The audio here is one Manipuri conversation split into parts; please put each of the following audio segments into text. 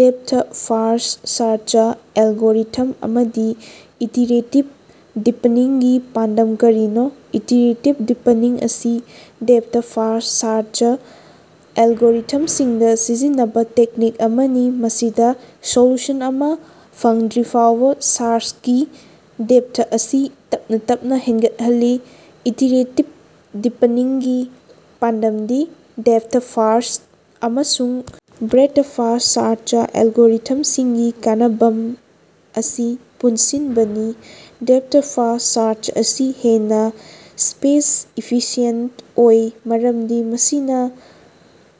ꯗꯦꯞꯊ-ꯐꯔꯁ꯭ꯠ ꯁꯥꯔꯆ ꯑꯦꯜꯒꯣꯔꯤꯊꯝ ꯑꯃꯗ ꯏꯇꯤꯔꯦꯇꯤꯚ ꯗꯤꯄꯅꯤꯡꯒꯤ ꯄꯥꯟꯗꯝ ꯀꯔꯤꯅꯣ? ꯏꯇꯤꯔꯦꯇꯤꯚ ꯗꯤꯄꯅꯤꯡ ꯑꯁꯤ ꯗꯦꯞꯊ-ꯐꯥꯔꯁ꯭ꯠ ꯁꯥꯔꯆ ꯑꯦꯜꯒꯣꯔꯤꯊꯝꯁꯤꯡꯗ ꯁꯤꯖꯤꯟꯅꯕ ꯇꯦꯛꯅꯤꯛ ꯑꯃꯅꯤ ꯃꯁꯤꯗ ꯁꯣꯂꯨꯁꯟ ꯑꯃ ꯐꯪꯗ꯭ꯔꯤꯐꯥꯎꯕ ꯁꯥꯔꯆꯀꯤ ꯗꯦꯞꯊ ꯑꯁꯤ ꯇꯞꯅ ꯇꯞꯅ ꯍꯦꯟꯒꯠꯍꯜꯂꯤ ꯫ ꯏꯇꯤꯔꯦꯇꯤꯚ ꯗꯤꯄꯅꯤꯡꯒꯤ ꯄꯥꯟꯗꯝꯗꯤ ꯗꯦꯞꯊ-ꯐꯥꯔꯁ꯭ꯠ ꯑꯃꯁꯨꯡ ꯕ꯭ꯔꯦꯗ-ꯐꯥꯔꯁ꯭ꯠ ꯁꯥꯔꯆ ꯑꯦꯜꯒꯣꯔꯤꯊꯝꯁꯤꯡꯒꯤ ꯀꯥꯟꯅꯕ ꯝꯑꯁꯤ ꯄꯨꯟꯁꯤꯟꯕꯅꯤ꯫ ꯗꯦꯞꯊ-ꯐꯔꯁ꯭ꯠ ꯁꯥꯔꯆ ꯑꯁꯤ ꯍꯦꯟꯅ ꯁ꯭ꯄꯦꯁ-ꯏꯐꯤꯁꯤꯑꯦꯟꯇ ꯑꯣꯏ ꯃꯔꯝꯗꯤ ꯃꯁꯤꯅ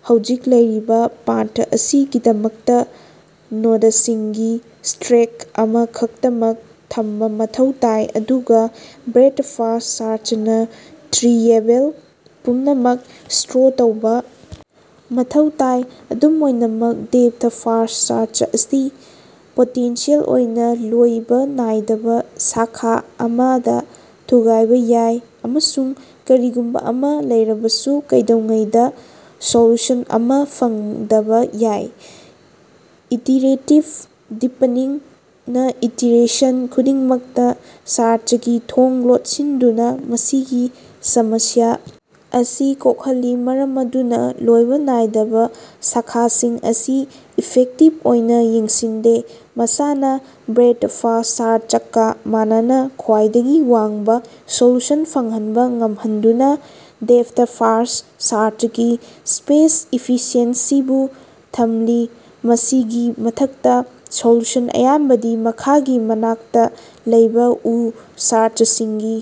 ꯍꯧꯖꯤꯛ ꯂꯩꯔꯤꯕ ꯄꯥꯊ ꯑꯁꯤꯒꯤꯗꯃꯛꯇ ꯅꯣꯗꯁꯤꯡꯒꯤ ꯁ꯭ꯇꯔꯦꯛ ꯑꯃ ꯈꯛꯇꯃꯛ ꯊꯝꯕ ꯃꯊꯧ ꯇꯥꯏ ꯑꯗꯨꯒ ꯕ꯭ꯔꯦꯗ-ꯐꯥꯔꯁ꯭ꯠ ꯁꯥꯔꯆꯅ ꯇ꯭ꯔꯤ ꯂꯦꯚꯦꯜ ꯄꯨꯝꯅꯃꯛ ꯁ꯭ꯇꯣꯔ ꯇꯧꯕ ꯃꯊꯧ ꯇꯥꯏ꯫ ꯑꯗꯨꯝ ꯑꯣꯏꯅꯃꯛ, ꯗꯦꯞꯊ-ꯐꯥꯔꯁ꯭ꯠ ꯁꯥꯔꯆ ꯑꯁꯤ ꯄꯣꯇꯦꯟꯁꯤꯌꯦꯜ ꯑꯣꯏꯅ ꯂꯣꯏꯕ ꯅꯥꯏꯗꯕ ꯁꯥꯈꯥ ꯑꯃꯗ ꯊꯨꯒꯥꯏꯕ ꯌꯥꯏ ꯑꯃꯁꯨꯡ ꯀꯔꯤꯒꯨꯝꯕ ꯑꯃ ꯂꯩꯔꯕꯁꯨ ꯀꯩꯗꯧꯉꯩꯗ ꯁꯣꯂꯨꯁꯟ ꯑꯃ ꯐꯪꯗꯕ ꯌꯥꯏ꯫ ꯏꯇꯤꯔꯦꯇꯤꯚ ꯗꯤꯄꯅꯤꯡꯅ ꯏꯇꯤꯔꯦꯁꯟ ꯈꯨꯗꯤꯡꯃꯛꯇ ꯁꯥꯔꯆꯀꯤ ꯊꯣꯡ ꯂꯣꯠꯁꯤꯟꯗꯨꯅ ꯃꯁꯤꯒꯤ ꯁꯃꯁ꯭ꯌꯥ ꯑꯁꯤ ꯀꯣꯛꯍꯜꯂꯤ, ꯃꯔꯝ ꯑꯗꯨꯅ ꯂꯣꯏꯕ ꯅꯥꯏꯗꯕ ꯁꯥꯈꯥꯁꯤꯡ ꯑꯁꯤ ꯏꯐꯦꯛꯇꯤꯚ ꯑꯣꯏꯅ ꯌꯦꯡꯁꯤꯟꯗꯦ꯫ ꯃꯁꯤꯅꯥ ꯕ꯭ꯔꯦꯗ-ꯐꯥꯔꯁ꯭ꯠ ꯁꯥꯔꯆꯀ ꯃꯥꯟꯅꯅ ꯈ꯭ꯋꯥꯏꯗꯒꯤ ꯋꯥꯡꯕ ꯁꯣꯂꯨꯁꯟ ꯐꯪꯍꯟꯕ ꯉꯝꯍꯟꯗꯨꯅ ꯗꯦꯞꯊ-ꯐꯥꯔꯁ꯭ꯠ ꯁꯥꯔꯆꯀꯤ ꯁ꯭ꯄꯦꯁ-ꯏꯐꯤꯁꯤꯑꯦꯟꯁꯤꯁꯨ ꯊꯝꯂꯤ꯫ ꯃꯁꯤꯒꯤ ꯃꯊꯛꯇ, ꯁꯣꯂꯨꯁꯟ ꯑꯌꯥꯝꯕꯗꯤ ꯃꯈꯥꯒꯤ ꯃꯅꯥꯛꯇ ꯂꯩꯕ ꯎ ꯁꯥꯔꯆꯁꯤꯡꯒꯤ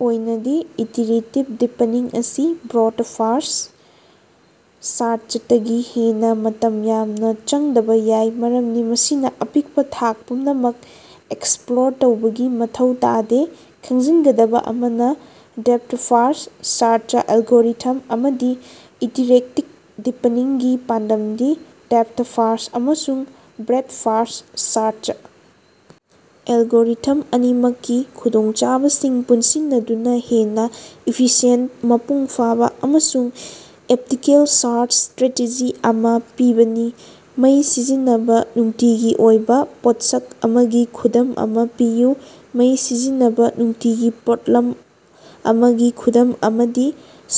ꯑꯣꯏꯅꯗꯤ ꯏꯇꯤꯔꯦꯇꯤꯚ ꯗꯤꯄꯅꯤꯡ ꯑꯁꯤ ꯕ꯭ꯔꯣꯗ-ꯐꯔꯁ꯭ꯠ ꯁꯥꯔꯆꯇꯒꯤ ꯍꯦꯟꯅ ꯃꯇꯝ ꯌꯥꯝꯅ ꯆꯪꯗꯕ ꯌꯥꯏ ꯃꯔꯝꯗꯤ ꯃꯁꯤꯅ ꯑꯄꯤꯛꯄ ꯊꯥꯛ ꯄꯨꯝꯅꯃꯛ ꯑꯦꯛꯁꯞꯂꯣꯔ ꯇꯧꯕꯒꯤ ꯃꯊꯧ ꯇꯥꯗꯦ꯫ ꯈꯪꯖꯤꯟꯒꯗꯕ ꯑꯃꯅ ꯗꯦꯞꯊ-ꯐꯥꯔꯁ꯭ꯠ ꯁꯥꯔꯆ ꯑꯦꯜꯒꯣꯔꯤꯊꯝ ꯑꯃꯗ ꯏꯇꯤꯔꯦꯇꯤꯛ ꯗꯤꯄꯅꯤꯡꯒꯤ ꯄꯥꯟꯗꯝꯗꯤ ꯗꯦꯞꯊ-ꯐꯥꯔꯁ꯭ꯠ ꯑꯃꯁꯨꯡ ꯕ꯭ꯔꯦꯗ-ꯐꯥꯔꯁ꯭ꯠ ꯁꯥꯔꯆ ꯑꯦꯜꯒꯣꯔꯤꯊꯝ ꯑꯅꯤꯃꯛꯀꯤ ꯈꯨꯗꯣꯡꯆꯥꯕꯁꯤꯡ ꯄꯨꯟꯁꯤꯟꯅꯗꯨꯅ ꯍꯦꯟꯅ ꯏꯐꯤꯁꯤꯌꯦꯟꯇ, ꯃꯄꯨꯡ ꯐꯥꯕ ꯑꯃꯁꯨꯡ ꯑꯣꯞꯇꯤꯃꯦꯜ ꯁꯥꯔꯆ ꯁ꯭ꯇꯔꯦꯇꯦꯖꯤ ꯑꯃ ꯄꯤꯕꯅꯤ꯫ ꯃꯩ ꯁꯤꯖꯤꯟꯅꯕ ꯅꯨꯡꯇꯤꯒꯤ ꯑꯣꯏꯕ ꯄꯣꯠꯁꯛ ꯑꯃꯒꯤ ꯈꯨꯗꯝ ꯑꯃ ꯄꯤꯌꯨ꯫ ꯃꯩ ꯁꯤꯖꯤꯟꯅꯕ ꯅꯨꯡꯇꯤꯒꯤ ꯄꯣꯠꯂꯝ ꯑꯃꯒꯤ ꯈꯨꯗꯝ ꯑꯃꯗꯤ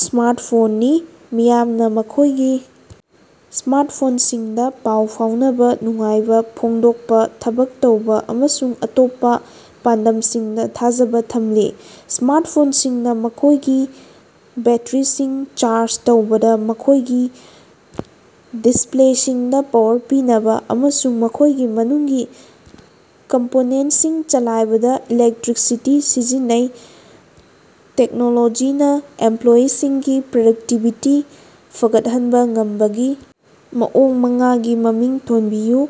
ꯁ꯭ꯃꯥꯔꯠꯐꯣꯟꯅꯤ꯫ ꯃꯤꯌꯥꯝꯅ ꯃꯈꯣꯏꯒꯤ ꯁ꯭ꯃꯥꯔꯠꯐꯣꯟꯁꯤꯡꯗ ꯄꯥꯎ ꯐꯥꯎꯅꯕ, ꯅꯨꯡꯉꯥꯏꯕ ꯐꯣꯡꯗꯣꯛꯄ, ꯊꯕꯛ ꯇꯧꯕ ꯑꯃꯁꯨꯡ ꯑꯇꯣꯞꯄ ꯄꯥꯟꯗꯝꯁꯤꯡꯗ ꯊꯥꯖꯕ ꯊꯝꯂꯤ꯫ ꯁ꯭ꯃꯥꯔꯠꯐꯣꯟꯁꯤꯡꯅ ꯃꯈꯣꯏꯒꯤ ꯕꯦꯠꯇꯔꯤꯁꯤꯡ ꯆꯥꯔꯖ ꯇꯧꯕꯗ, ꯃꯈꯣꯢꯒꯤ ꯗꯤꯁꯄ꯭ꯂꯦꯁꯤꯡꯗ ꯄꯥꯋꯔ ꯄꯤꯅꯕ ꯑꯃꯁꯨꯡ ꯃꯈꯣꯢꯒꯤ ꯃꯅꯨꯡꯒꯤ ꯀꯝꯄꯣꯅꯦꯟꯇꯁꯤꯡ ꯆꯂꯥꯏꯕꯗ ꯏꯂꯦꯛꯇ꯭ꯔꯤꯁꯤꯇꯤ ꯁꯤꯖꯤꯟꯅꯩ꯫ ꯇꯦꯛꯅꯣꯂꯣꯖꯤꯅ ꯑꯦꯝꯄ꯭ꯂꯣꯌꯤꯁꯤꯡꯒꯤ ꯄ꯭ꯔꯗꯛꯇꯤꯕꯤꯇꯤ ꯐꯒꯠꯍꯟꯕ ꯉꯝꯕꯒꯤ ꯃꯑꯣꯡ ꯃꯉꯥꯒꯤ ꯃꯃꯤꯡ ꯊꯣꯟꯕꯤꯌꯨ꯫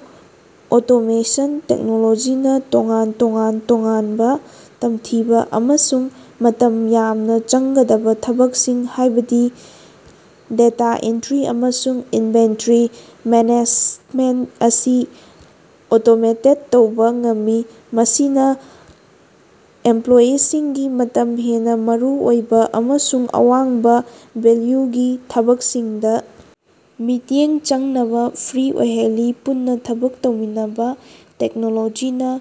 ꯑꯣꯇꯣꯃꯦꯁꯟ: ꯇꯦꯛꯅꯣꯂꯣꯖꯤꯅ ꯇꯣꯉꯥꯟ ꯇꯣꯉꯥꯟ-ꯇꯣꯉꯥꯟꯕ ꯇꯝꯊꯤꯕ ꯑꯃꯁꯨꯡ ꯃꯇꯝ ꯌꯥꯝꯅ ꯆꯪꯒꯗꯕ ꯊꯕꯛꯁꯤꯡ, ꯍꯥꯏꯕꯗꯤ ꯗꯦꯇꯥ ꯑꯦꯟꯇ꯭ꯔꯤ ꯑꯃꯁꯨꯡ ꯏꯟꯚꯦꯟꯇꯔꯤ ꯃꯦꯅꯦꯖꯃꯦꯟꯇ ꯑꯁꯤ ꯑꯣꯇꯣꯃꯦꯇꯦꯗ ꯇꯧꯕ ꯉꯝꯃꯤ, ꯃꯁꯤꯅ ꯑꯦꯝꯄ꯭ꯂꯣꯌꯤꯁꯤꯡꯒꯤ ꯃꯇꯝ ꯍꯦꯟꯅ ꯃꯔꯨꯑꯣꯏꯕ ꯑꯃꯁꯨꯡ ꯑꯋꯥꯡꯕ ꯚꯦꯜꯌꯨꯒꯤ ꯊꯕꯛꯁꯤꯡꯗ ꯃꯤꯠꯌꯦꯡ ꯆꯪꯅꯕ ꯐ꯭ꯔꯤ ꯑꯣꯏꯍꯜꯂꯤ꯫ ꯄꯨꯟꯅ ꯊꯕꯛ ꯇꯧꯃꯤꯟꯅꯕ: ꯇꯦꯛꯅꯣꯂꯣꯖꯤꯅ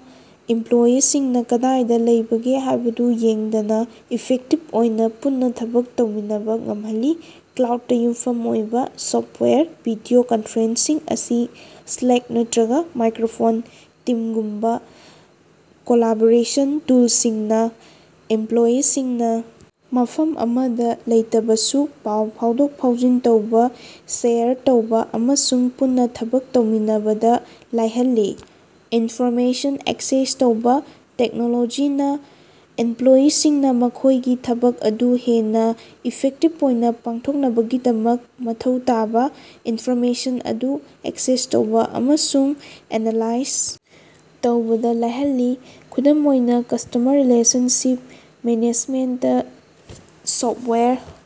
ꯏꯝꯄ꯭ꯂꯣꯌꯤꯁꯤꯡꯅ ꯀꯗꯥꯏꯗ ꯂꯩꯕꯒꯦ ꯍꯥꯏꯕꯗꯨ ꯌꯦꯡꯗꯅ ꯏꯐꯦꯛꯇꯤꯚ ꯑꯣꯏꯕ ꯄꯨꯟꯅ ꯊꯕꯛ ꯇꯧꯃꯤꯟꯅꯕ ꯉꯝꯍꯜꯂꯤ꯫ ꯀ꯭ꯂꯥꯎꯗꯇ ꯌꯨꯝꯐꯝ ꯑꯣꯏꯕ ꯁꯣꯐꯇꯋꯥꯌꯔ, ꯚꯤꯗꯤꯑꯣ ꯀꯟꯐꯔꯦꯟꯁꯤꯡ ꯑꯃꯁꯨꯡ ꯁ꯭ꯂꯦꯛ ꯅꯠꯇ꯭ꯔꯒ ꯃꯥꯏꯀ꯭ꯔꯣꯁꯣꯐꯠ ꯇꯤꯝꯒꯨꯝꯕ ꯀꯣꯂꯥꯕꯣꯔꯦꯁꯟ ꯇꯨꯜꯁꯤꯡꯅ ꯏꯝꯄ꯭ꯂꯣꯌꯤꯁꯤꯡꯅ ꯃꯐꯝ ꯑꯃꯗ ꯂꯩꯇꯕꯁꯨ ꯄꯥꯎ ꯐꯥꯎꯗꯣꯛ-ꯐꯥꯎꯖꯤꯟ ꯇꯧꯕ, ꯁꯦꯌꯔ ꯇꯧꯕ ꯑꯃꯁꯨꯡ ꯄꯨꯟꯅ ꯊꯕꯛ ꯇꯧꯃꯤꯟꯅꯕꯗ ꯂꯥꯏꯍꯜꯂꯤ꯫ ꯏꯟꯐꯣꯔꯃꯦꯁꯟ ꯑꯦꯛꯁꯦꯁ ꯇꯧꯕ: ꯇꯦꯛꯅꯣꯂꯣꯖꯤꯅ ꯏꯝꯄ꯭ꯂꯣꯌꯤꯁꯤꯡꯅ ꯃꯈꯣꯏꯒꯤ ꯊꯕꯛ ꯑꯗꯨ ꯍꯦꯟꯅ ꯏꯐꯦꯛꯇꯤꯚ ꯑꯣꯏꯅ ꯄꯥꯡꯊꯣꯛꯅꯕꯒꯤꯗꯃꯛ ꯃꯊꯧ ꯇꯥꯕ ꯏꯟꯐꯣꯔꯃꯦꯁꯟ ꯑꯗꯨ ꯑꯦꯛꯁꯦꯁ ꯇꯧꯕ ꯑꯃꯁꯨꯡ ꯑꯦꯅꯥꯂꯥꯏꯖ ꯇꯧꯕꯗ ꯂꯥꯏꯍꯜꯂꯤ꯫ ꯈꯨꯗꯝ ꯑꯣꯏꯅ, ꯀꯁꯇꯃꯔ ꯔꯤꯂꯦꯁꯟꯁꯤꯞ ꯃꯦꯅꯦꯖꯃꯦꯟꯇ ꯁꯣꯐꯇꯋꯥꯌꯔꯅ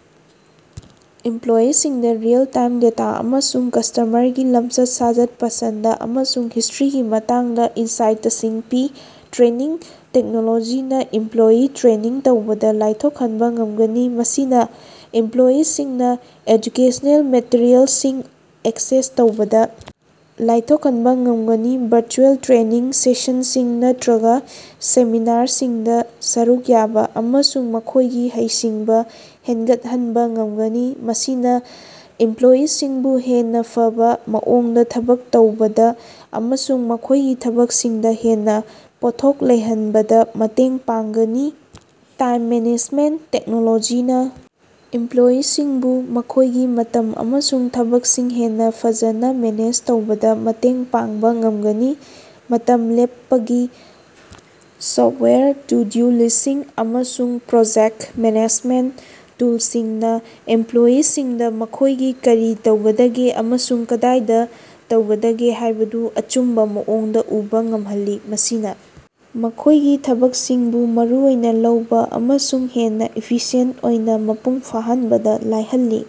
ꯏꯝꯄ꯭ꯂꯣꯌꯤꯁꯤꯡꯗ ꯔꯤꯑꯦꯜ-ꯇꯥꯏꯝ ꯗꯦꯇꯥ ꯑꯃꯁꯨꯡ ꯀꯁꯇꯃꯔꯒꯤ ꯂꯝꯆꯠ-ꯁꯥꯖꯠ, ꯄꯁꯟꯗ ꯑꯃꯁꯨꯡ ꯍꯤꯁꯇ꯭ꯔꯤꯒꯤ ꯃꯇꯥꯡꯗ ꯏꯟꯁꯥꯏꯇꯁꯤꯡ ꯄꯤ꯫ ꯇ꯭ꯔꯦꯅꯤꯡ: ꯇꯦꯛꯅꯣꯂꯣꯖꯤꯅ ꯏꯝꯄ꯭ꯂꯣꯌꯤ ꯇ꯭ꯔꯦꯅꯤꯡ ꯇꯧꯕꯗ ꯂꯥꯏꯊꯣꯛꯍꯟꯕ ꯉꯝꯒꯅꯤ, ꯃꯁꯤꯅ ꯏꯝꯄ꯭ꯂꯣꯌꯤꯁꯤꯡꯅ ꯑꯦꯖꯨꯀꯦꯁꯅꯦꯜ ꯃꯦꯇꯔꯤꯑꯦꯜꯁꯤꯡ ꯑꯦꯛꯁꯦꯁ ꯇꯧꯕꯗ ꯂꯥꯏꯊꯣꯛꯍꯟꯕ ꯉꯝꯒꯅꯤ, ꯚꯔꯆꯨꯑꯦꯜ ꯇ꯭ꯔꯦꯅꯤꯡ ꯁꯦꯁꯟꯁꯤꯡ ꯅꯠꯇ꯭ꯔꯒ ꯁꯦꯃꯤꯅꯥꯔꯁꯤꯡꯗ ꯁꯔꯨꯛ ꯌꯥꯕ ꯑꯃꯁꯨꯡ ꯃꯈꯣꯏꯒꯤ ꯍꯩꯁꯤꯡꯕ ꯍꯦꯅꯒꯠꯍꯟꯕ ꯉꯝꯒꯅꯤ ꯫ ꯃꯁꯤꯅ ꯏꯝꯄ꯭ꯂꯣꯌꯤꯁꯤꯡꯕꯨ ꯍꯦꯟꯅ ꯐꯕ ꯃꯑꯣꯡꯗ ꯊꯕꯛ ꯇꯧꯕꯗ ꯑꯃꯁꯨꯡ ꯃꯈꯣꯢꯒꯤ ꯊꯕꯛꯁꯤꯡꯗ ꯍꯦꯟꯅ ꯄꯣꯠꯊꯣꯛ ꯂꯩꯍꯟꯕꯗ ꯃꯇꯦꯡ ꯄꯥꯡꯒꯅꯤ꯫ ꯇꯥꯏꯝ ꯃꯦꯅꯦꯖꯃꯦꯟꯇ: ꯇꯦꯛꯅꯣꯂꯣꯖꯤꯅ ꯏꯝꯄ꯭ꯂꯣꯌꯤꯁꯤꯡꯕꯨ ꯃꯈꯣꯏꯒꯤ ꯃꯇꯝ ꯑꯃꯁꯨꯡ ꯊꯕꯛꯁꯤꯡ ꯍꯦꯟꯅ ꯐꯖꯅ ꯃꯦꯅꯦꯖ ꯇꯧꯕꯗ ꯃꯇꯦꯡ ꯄꯥꯡꯕ ꯉꯝꯒꯅꯤ꯫ ꯃꯇꯝ ꯂꯦꯞꯄꯒꯤ ꯁꯣꯐꯇꯋꯥꯌꯔ, ꯇꯨ-ꯗꯨ-ꯂꯤꯁ꯭ꯇꯁꯤꯡ ꯑꯃꯁꯨꯡ ꯄ꯭ꯔꯣꯖꯦꯛꯇ ꯃꯦꯅꯦꯖꯃꯦꯟꯇ ꯇꯨꯜꯁꯤꯡꯅ ꯏꯝꯄ꯭ꯂꯣꯌꯤꯁꯤꯡꯗ ꯃꯈꯣꯏꯅ ꯀꯔꯤ ꯇꯧꯒꯗꯒꯦ ꯑꯃꯁꯨꯡ ꯀꯗꯥꯏꯗ ꯇꯧꯒꯗꯒꯦ ꯍꯥꯏꯕꯗꯨ ꯑꯆꯨꯝꯕ ꯃꯑꯣꯡꯗ ꯎꯕ ꯉꯝꯍꯜꯂꯤ, ꯃꯁꯤꯅ ꯃꯈꯣꯏꯒꯤ ꯊꯕꯛꯁꯤꯡꯕꯨ ꯃꯔꯨꯑꯣꯏꯅ ꯂꯧꯕ ꯑꯃꯁꯨꯡ ꯍꯦꯟꯅ ꯏꯐꯤꯁꯤꯑꯦꯟꯇ ꯑꯣꯏꯅ ꯃꯄꯨꯡ ꯐꯥꯍꯟꯕꯗ ꯂꯥꯏꯍꯜꯂꯤ꯫